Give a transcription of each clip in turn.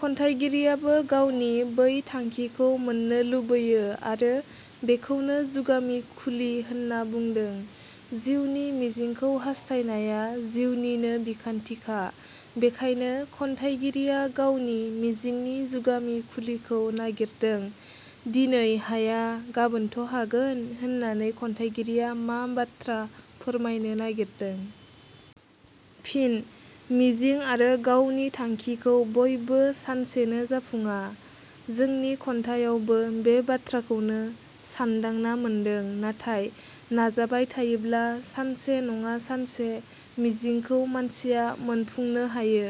खन्थाइगिरियाबो गावनि बै थांखिखौ मोननो लुबैयो आरो बेखौनो जुगामि खुलि होनना बुंदों। जिउनि मिजिंखौ हास्थायनाया जिउनिनो बिखान्थिखा। बेखायनो खन्याइगिरिया गावनि मिजिंनि जुगामि खुलिखौ नागिरदों।. दिनै हाया गाबोनथ' हागोऩ' होननानै खन्थाइगिरिया मा बाथ्रा फोरमायनो नागिरदों? फिन: मिजिं आरो गावनि थांखिखौ, बयबो सानसेनो मोनफुडा। जोंनि खन्थाइगिरियाबो बे बाथ्राखौनो सानदांना मोनदों। नाथाय नाजाबाय थायोब्ला सानसे नडा सानसे मिजिंखौ मानसिया मोनफुंनो हायो।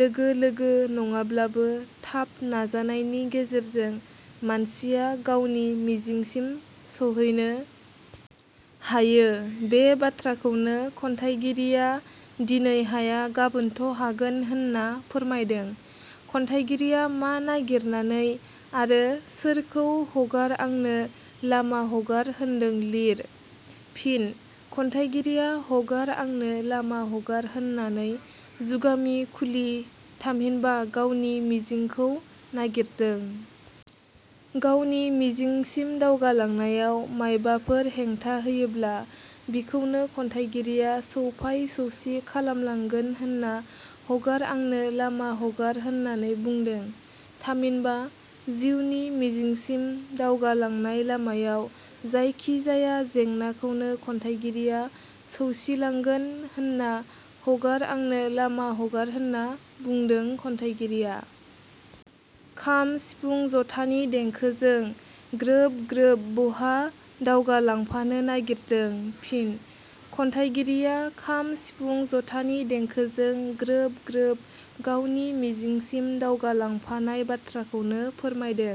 लोगो लोगो 'नडाब्लाबो थाब नाजानायनि गेजेरजों मानसिया गावनि मिजिंसिम सहैनो। हायो बे बाथ्राखौनो खुन्थाइगिरिया दिनै हाया गाबोनथ' हागोन होननान फोरमायदों।. खन्थाइगिरिया मा नागिरनानै आरो सोरखौ हगार आंनो लामा हगार होनदों लिए। फिनः खन्थाइगिरिया हगार आंनो लामा हगार होननाने जुगामि खुलि थामहिनबा गावनि मिजिंखौ नागिरदों। गावनि मिजिंसिम दावगालांनायाव मायबाफोर हेंथा होयोब्ला बेखौनो खन्थाइगिरिया सौफाय सौसि फोसावलांगोन होनना हगार आंनो लामा हगार होननानै बुंदों। थामहिनबा जिउनि मिजिंसिम दावगालांनाय लामायाव जायखि जाया जेंनाखौनो खन्थाइगिरिया सौसिलांगोन होनना हगार आंनो लामा हगार होनना बुंदों।.खन्थाइगिरिया खाम सिफुं जथानि देंखोजों ग्रोब ग्रोब बहा दावगालांफानो नागिरदों? फिनः खन्थाइगिरिया खाम सिफुं जथानि देंखोजों ग्रोब ग्रोब गावनि मिजिंसिम दावगालांफानाय बाथ्राखौनो फोरमायदों।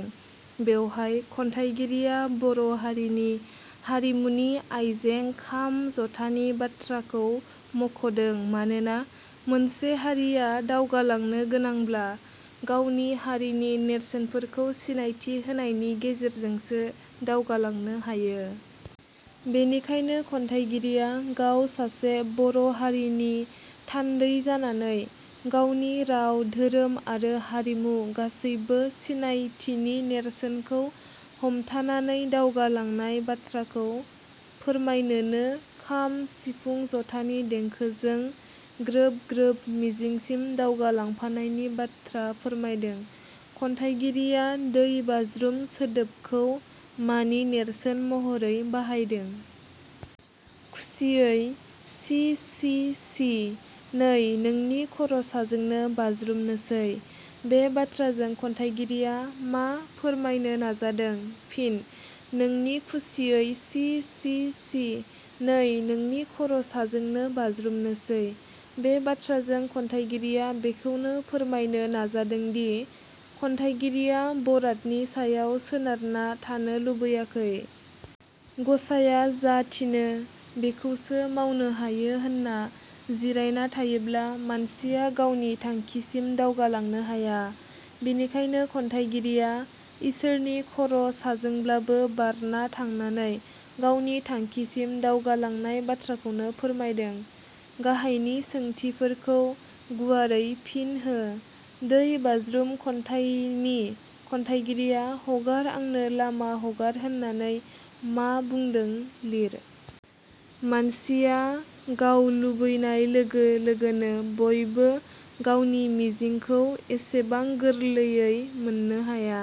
बेवहाय खन्थाइगिरिया बर' हारिनि हारिमुनि आयजें खाम, जथानि बाथ्राखौ मख 'दों मानोना मोनसे हारिया दावगानो गोनांब्ला गावनि हारिनि नेरसोनफोरखौ सिनायथि होनायनि गेजेरजोंसो दावगालांनो हायो।. बेनि‍खायनो खन्थाइगिरिया गाव सासे बर' हारिनि थान्दै जानानै गावनि राव, धोरोम आरो हारिमु गासैबो सिनायथिनि नेरसोनखौ हमथानानै दावगालांनाय बाथ्राखौ फोरमायनोनो खाम सिफुं जथानि देंखोजों ग्रोब ग्रोब मिजिंसिम दावगालांफानायनि बाथ्रा फोरमायदों।.खन्थाइगिरिया दै बाज्रुम सोदोबखौ मानि नेरसोन महरै बाहायदों? खुसियै? सि सि सि नै नोंनि खर' साजोंनो बाज्रुमनोसै,- बे बाथ्राजों खन्थाइगिरिया मा फोरमायनो नाजादों? फिनः नोंनि खुसियै? सि सि सि नै नोंनि खर' साजोंनो बाज्रुमनोसै, – बे बाथ्राजों खन्थाइगिरिया बेखौनो फोरमायनो नाजादोंदि खन्थाइगिरिया बरादनि सायाव सोनारना थानो लुबैयाखै। गसाइया जा थिनो बैखौसो मावनो हायो होनना जिरायना थायोब्ला मानसिया गावनि थांखिसिम दावगालांनो हाया, बेखायनो खन्थाइगिरिया इसोरनि खर' साजोंब्लाबो बारना थांनानै गावनि थांखिसिम दावगालांनाय बाथ्राखौनो फोरमायदों। गाहायनि सोंथिफोरखौ गुवारै फिन होः. 'दै बाज्रुम' खन्थाइनि खन्थाइगिरिया 'हगार आंनो लामा हगार' होननानै मा बुंदों लिर? मानसिया गाव लुबैनाय लोगो लोगोनो बयबो गावनि मिजिंखौ एसेबां गोरलैयै मोननो हाया।